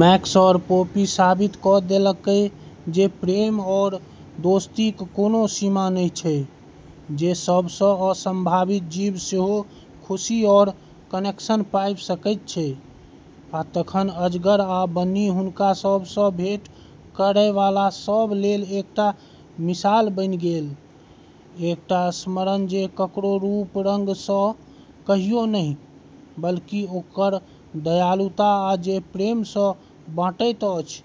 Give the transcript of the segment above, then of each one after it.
Max आओर Poppy साबित कऽ देलकै जे प्रेम आओर दोस्तीक कोनो सीमा नहि छै, जे सबसँ असंभावित जीव सेहो खुशी आओर कनेक्शन पाबि सकैत छै। आ तखन अजगर आ बन्नी हुनका सभसँ भेट करैवाला सभ लेल एकटा मिसाल बनि गेल, एकटा स्मरण जे ककरो रूप-रंगसँ कहियो नहि, बल्कि, ओकर दयालुता आ जे प्रेमसँ बाँटैत अछि,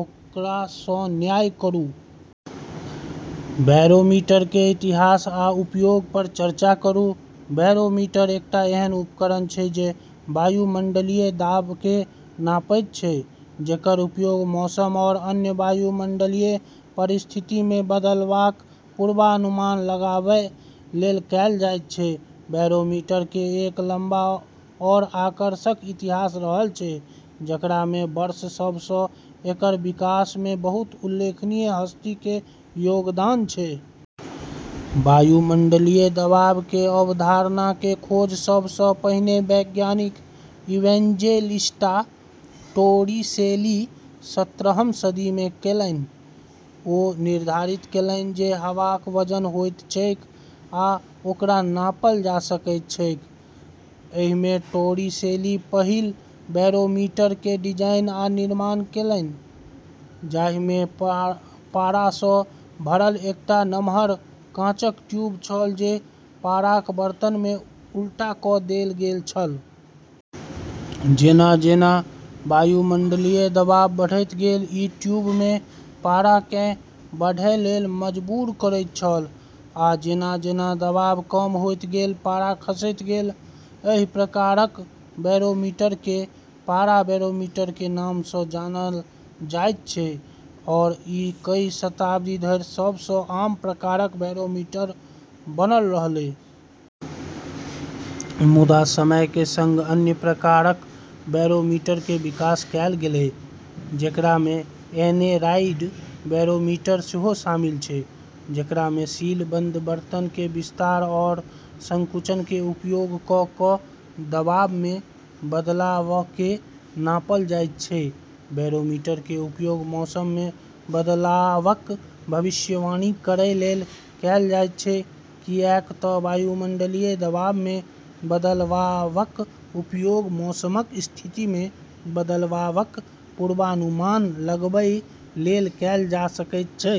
ओकरासँ न्याय करू। बैरोमीटर केर इतिहास आ उपयोगपर चर्चा करू। बैरोमीटर एकटा एहन उपकरण छै जे वायुमंडलीय दबावकेँ नापैत छै, जेकर उपयोग मौसम आओर अन्य वायुमंडलीय परिस्थितिमे बदलावक पूर्वानुमान लगाबै लेल कएल जाइत छै। बैरोमीटर केर एक लंबा आओर आकर्षक इतिहास रहल छै, जेकरामे वर्ष सभसँ एकर विकासमे बहुत उल्लेखनीय हस्ती केर योगदान छै। वायुमंडलीय दबाव केर अवधारणा केर खोज सबसँ पहिने वैज्ञानिक इवेंजेलिस्ता टोरिसेली सत्रहम सदीमे कएलनि। ओ निर्धारित केलनि जे हवाक वजन होइत छैक आ ओकरा नापल जा सकैत छैक। एहिमे टोरिसेली पहिल बैरोमीटर केर डिजाइन आ निर्माण केलनि, जाहिमे पारासँ भरल एकटा नम्हर काँचक ट्यूब छल जे पाराक बर्तनमे उल्टा कऽ देल गेल छल। जेना-जेना वायुमंडलीय दबाव बढ़ैत गेल, ई ट्यूबमे पाराकेँ बढ़ै लेल मजबूर करैत छल, आ जेना-जेना दबाव कम होइत गेल, पारा खसैत गेल। एहि प्रकारक बैरोमीटरकेँ पारा बैरोमीटर केर नामसँ जानल जाइत छै, आओर ई कई शताब्दी धरि सबसँ आम प्रकारक बैरोमीटर बनल रहलै। मुदा समयक संग अन्य प्रकारक बैरोमीटर केर विकास कएल गेलै, जेकरामे एनेरॉइड बैरोमीटर सेहो शामिल छै, जेकरामे सीलबंद बर्तन केर विस्तार आओर संकुचन केर उपयोग कऽ कऽ दबावमे बदलावकेँ नापल जाइत छै। बैरोमीटर केर उपयोग मौसममे बदलावक भविष्यवाणी करै लेल कएल जाइत छै, किऐक तऽ वायुमंडलीय दबावमे बदलावक उपयोग मौसमक स्थितिमे बदलावक पूर्वानुमान लगाबै लेल कएल जा सकैत छै।